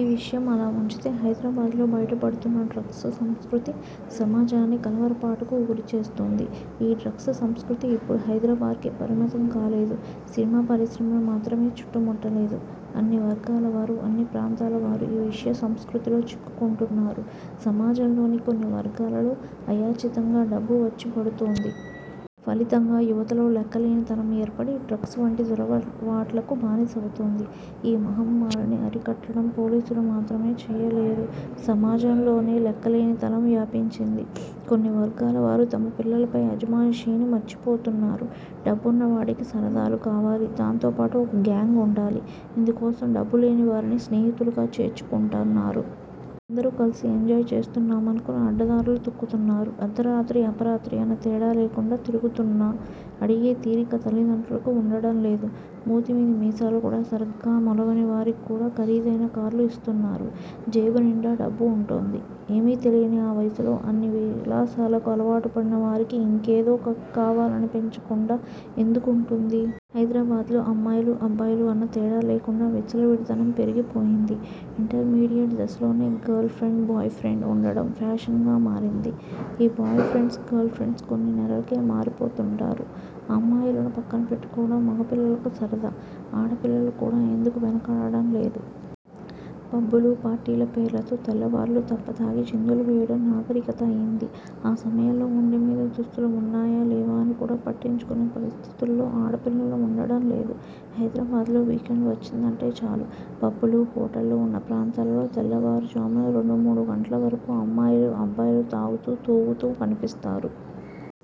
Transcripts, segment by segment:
ఈ విషయం అలా ఉంచితే హైదరాబాద్లో బయటపడుతున్న డ్రగ్స్ సంస్కృతి సమాజాన్ని కలవరపాటుకు గురిచేస్తోంది. ఈ డ్రగ్స్ సంస్కృతి ఇప్పుడు హైదరాబాద్కే పరిమితం కాలేదు. సినిమా పరిశ్రమను మాత్రమే చుట్టుముట్టలేదు. అన్ని వర్గాలవారు, అన్ని ప్రాంతాలవారు ఈ విష సంస్కృతిలో చిక్కుకుంటున్నారు. సమాజంలోని కొన్ని వర్గాలలో అయాచితంగా డబ్బు వచ్చిపడుతోంది. ఫలితంగా యువతలో లెక్కలేనితనం ఏర్పడి డ్రగ్స్ వంటి దురలవాట్లకు బానిసవుతోంది. ఈ మహమ్మారిని అరికట్టడం పోలీసులు మాత్రమే చేయలేరు. సమాజంలోనే లెక్కలేనితనం వ్యాపించింది. కొన్ని వర్గాలవారు తమ పిల్లలపై అజమాయిషీని మర్చిపోతున్నారు. డబ్బున్నవాడికి సరదాలు కావాలి. దాంతోపాటు ఒక గ్యాంగ్ ఉండాలి. ఇందుకోసం డబ్బులేని వారిని స్నేహితులుగా చేర్చుకుంటున్నారు. అందరూ కలిసి ఎంజాయ్ చేస్తున్నామనుకుని అడ్డదారులు తొక్కుతున్నారు. అర్ధరాత్రి– అపరాత్రి అన్న తేడా లేకుండా తిరుగుతున్నా అడిగే తీరిక తల్లిదండ్రులకు ఉండటం లేదు. మూతి మీద మీసాలు కూడా సరిగ్గా మొలవనివారికి కూడా ఖరీదైన కార్లు ఇస్తున్నారు. జేబు నిండా డబ్బు ఉంటోంది. ఏమీ తెలియని ఆ వయసులో అన్ని విలాసాలకూ అలవాటుపడిన వారికి ఇంకేదో క్లాక్ కావాలనిపించకుండా ఎందుకుంటుంది? హైదరాబాద్లో అమ్మాయిలు– అబ్బాయిలు అన్న తేడా లేకుండా విచ్చలవిడితనం పెరిగిపోయింది. ఇంటర్మీడియట్ దశలోనే గర్ల్ ఫ్రెండ్, బాయ్ ఫ్రెండ్ ఉండటం ఫ్యాషన్గా మారింది. ఈ బాయ్ ఫ్రెండ్స్, గర్ల్ ఫ్రెండ్స్ కొన్ని నెలలకే మారిపోతుంటారు. అమ్మాయిలను పక్కన పెట్టుకోవడం మగపిల్లలకు సరదా. ఆడపిల్లలు కూడా ఇందుకు వెనుకాడటం లేదు. పబ్బులు, పార్టీల పేర్లతో తెల్లవార్లూ తప్పతాగి చిందులు వేయడం నాగరికత అయ్యింది. ఆ సమయంలో ఒంటి మీద దుస్తులు ఉన్నాయా? లేవా? అని కూడా పట్టించుకునే పరిస్థితులలో ఆడపిల్లలు ఉండటం లేదు. హైదరాబాద్లో వీకెండ్ వచ్చిందంటే చాలు పబ్బులు, హోటళ్లు ఉన్న ప్రాంతాలలో తెల్లవారుజామున రెండు మూడు గంటల వరకు అమ్మాయిలు– అబ్బాయిలు తాగుతూ– తూగుతూ కనిపిస్తారు.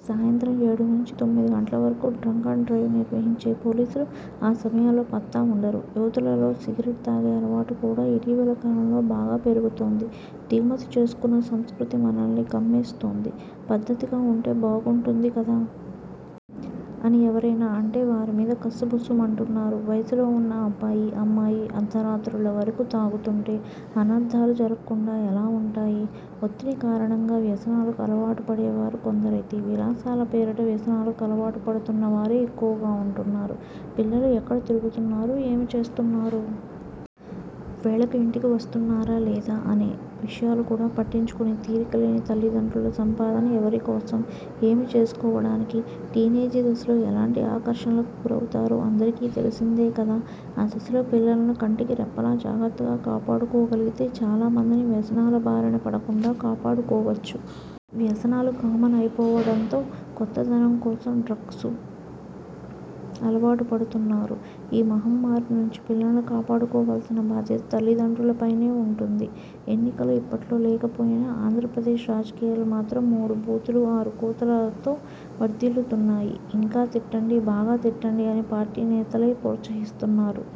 సాయంత్రం ఏడు నుంచి తొమ్మిది గంటల వరకు డ్రంక్ అండ్ డ్రైవ్ నిర్వహించే పోలీసులు ఆ సమయంలో పత్తా ఉండరు. యువతులలో సిగరెట్ తాగే అలవాటు కూడా ఇటీవలి కాలంలో బాగా పెరుగుతోంది. దిగుమతి చేసుకున్న సంస్కృతి మనల్ని కమ్మేస్తోంది. పద్ధతిగా ఉంటే బాగుంటుంది కదా? అని ఎవరైనా అంటే వారి మీద కస్సుబుస్సు మంటున్నారు. వయసులో ఉన్న అబ్బాయి, అమ్మాయి అర్ధరాత్రుళ్ల వరకు తాగుతుంటే అనర్థాలు జరగకుండా ఎలా ఉంటాయి? ఒత్తిడి కారణంగా వ్యసనాలకు అలవాటుపడేవారు కొందరైతే విలాసాల పేరిట వ్యసనాలకు అలవాటుపడుతున్నవారే ఎక్కువగా ఉంటున్నారు. పిల్లలు ఎక్కడ తిరుగుతున్నారు? ఏమి చేస్తున్నారు? వేళకు ఇంటికి వస్తున్నారా? లేదా? అనే విషయాలు కూడా పట్టించుకునే తీరిక లేని తల్లిదండ్రుల సంపాదన ఎవరి కోసం? ఏమి చేసుకోవడానికి? టీనేజీ దశలో ఎలాంటి ఆకర్షణలకు గురవుతారో అందరికీ తెలిసిందే కదా! ఆ దశలో పిల్లలను కంటికి రెప్పలా జాగ్రత్తగా కాపాడుకోగలిగితే చాలా మందిని వ్యసనాల బారిన పడకుండా కాపాడుకోవచ్చు. వ్యసనాలు కమన్ అయిపోవడంతో కొత్తదనం కోసం డ్రగ్స్ అలవాటుపడుతున్నారు. ఈ మహమ్మారి నుంచి పిల్లలను కాపాడుకోవలసిన బాధ్యత తల్లిదండ్రులపైనే ఉంటుంది! ఎన్నికలు ఇప్పట్లో లేకపోయినా ఆంధ్రప్రదేశ్ రాజకీయాలు మాత్రం 'మూడు బూతులు– ఆరు కోతులతో' వర్ధిల్లుతున్నాయి. 'ఇంకా తిట్టండి– బాగా తిట్టండి' అని పార్టీ నేతలే ప్రోత్సహిస్తున్నారు.